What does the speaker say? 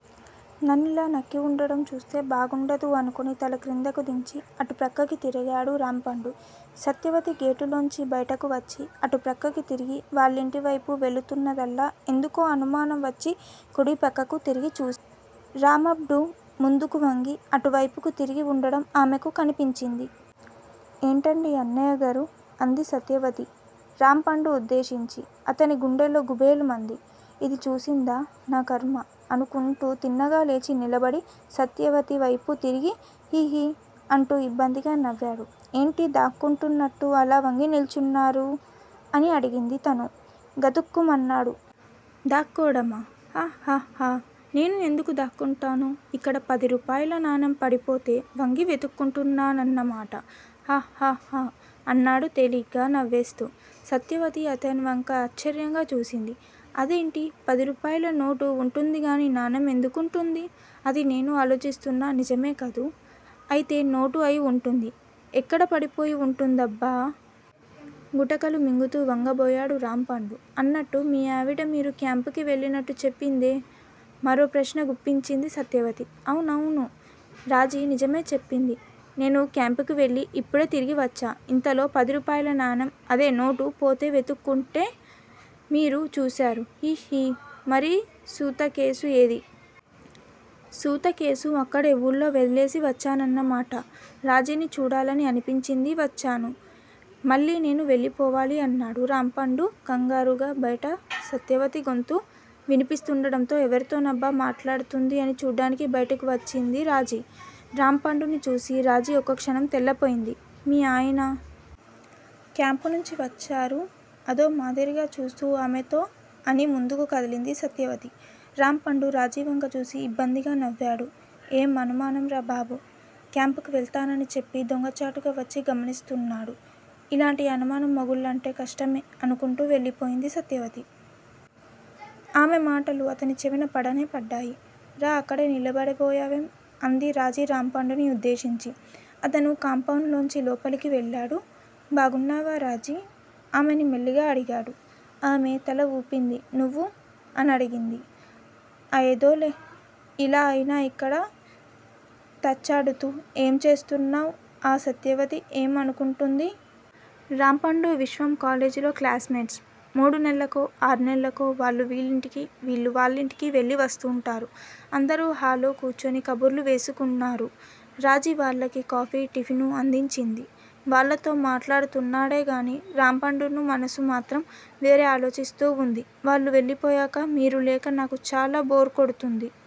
నన్నిలా నక్కి వుండటం చూస్తె బాగుండదు అనుకుని తల క్రిందకి దించి అటు ప్రక్కకి తిరిగాడు రాంపండు. సత్యవతి గేటులోంచి బయటకి వచ్చి అటుప్రక్కకి తిరిగి వాళ్ళింటివైపు వెళుతున్నదల్లా ఎందుకో అనుమానం వచ్చి కుడి ప్రక్కకి తిరిగి చూసింది. రామప్మ్డు ముందుకు వంగి అటు వైపుకి తిరిగి వుండడం ఆమెకి కనిపించింది. ఏటండీ అన్నయ్య గరూ అంది సత్యవతి రాంపండు ఉద్దేశించి. అతని గుండెల్లో గుభేల్ మంది. ఇది చూసిందా? నా ఖర్మ!! అనుకుంటూ తిన్నగా లేచి నిలబడి సత్యవతి వైపు తిరిగి హిహి అంటూ యిబ్బందిగా నవ్వాడు. ఏంటీ దాక్కుంటునట్టు అలా వంగి నిల్చున్నారు? అడిగింది. తను గతుక్కుమన్నాడు. 'దాక్కోడామా? హహహ నేను ఎందుకు దాక్కుంటాను ఇక్కడ పదిరూపాయల నాణెం పడిపోతే వంగి వెతుకుతున్నాన్నమాట. హహహ అన్నాడు తేలిగ్గా నవ్వేస్తూ. సత్యవతి అతనివంక ఆశ్చర్యంగా చూసింది. అదేంటి పది రూపాయల నోటు వుంటుందిగానీ నాణెం ఎందుకుంటుందీ? అదే నేనూ ఆలోచిస్తున్నా నిజమే కదూ? అయితే నోటే అయి వుంటుంది ఎక్కడ పడిపోయి వుంటుందబ్బా? గుటకలు మింగుతూ వంగబోయాడు రాంపండు. అన్నట్టు మీ ఆవిడా మీరు క్యాంప్ కి వెళ్ళినట్టు చెప్పిందే? మరో ప్రశ్న గుప్పించింది సత్యవతి. అవునవును! రాజీ నిజమే చెప్పింది. నేను క్యాంప్ కి వెళ్ళి ఇప్పుడే తిరిగి వచ్చా ఇంతలో పది రూపాయల నాణెం అదే నోటు పోయి వెతుకుతుంటే మీరు చూశారు హిహి మరి సూత కేసు ఏది? సూత కేసు అక్కడే వూళ్ళో వదిలేసి వచ్చానాన్నమాట!! రాజీని చూడాలని అనిపించింది వచ్చాను మళ్ళీ నేను వెళ్ళిపోవాలి! అన్నాడు రాంపండు కంగారుగా. బయట సత్యవతి గొంతు వినిపిస్తూడడంతో ఎవరితోనబ్బా మాట్లాడుతుంది అని చూడ్డానికి బయటకి వచ్చింది రాజీ. రాంపండుని చూసిన రాజీ ఒక్కక్షణం తెల్లబోయింది. మీ ఆయన! క్యాంప్ నుండి వచ్చారు అదో మాదిరిగా చూస్తూ ఆమెతో అని ముందుకు కదిలింది సత్యవతి. రాంపండు రాజీ వంక చూసి యిబ్బందిగా నవ్వాడు. ఏం అనుమానంరా బాబూ! క్యాంప్ కి వెళతానని చెప్పి దొంగచాటుగా వచ్చి గనిస్తున్నాడు. ఇలాంటి అనుమానం మొగుళ్ళుంటే కష్టమే అనుకుంటూ వెళ్ళిపోయింది సత్యవతి. ఆమె మాటలు అతని చెవిన పడనే పడ్డాయి. రా అక్కడే నిలబడిపోయావేం? అంది రాజీ రాంపండుని ఉద్దేశించి. అతను కాంపౌండ్ లోంచి లోపలకి వెళ్ళాడు. బాగున్నావా రాజీ? ఆమెని మెల్లగా అడిగాడు. ఆమె తల వూపింది. నువ్వు? అడిగింది. ఏదోలే ఇలా అయినా అక్కడ తచ్చాడుతూ ఏం చేస్తున్నావ్ ఆ సత్యవతి ఏం అనుకుంటుంది? రాంపండూ, విశ్వం కాలేజీలో క్లాస్ మేట్స్. మూడు నేల్లకో, ఆర్నెల్లకో వాళ్ళు వీళ్ళింటికీ, వీళ్ళు వాళ్ళింటికీ వెళ్ళి వస్తుంటారు. అందరూ హలో కూర్చుని కబుర్లు వేసుకున్నారు. రాజీ వాళ్లకి కాఫీ, టిఫిను అందించింది. వాళ్ళతో మాట్లాడుతున్నాడేగానీ రాంపండు మనసు మాత్రం వేరే ఆలోచిస్తూ వుంది. వాళ్ళు వెళ్ళిపోయాక మీరు లేక నాకు చాలా బోర్ కొడ్తుంది.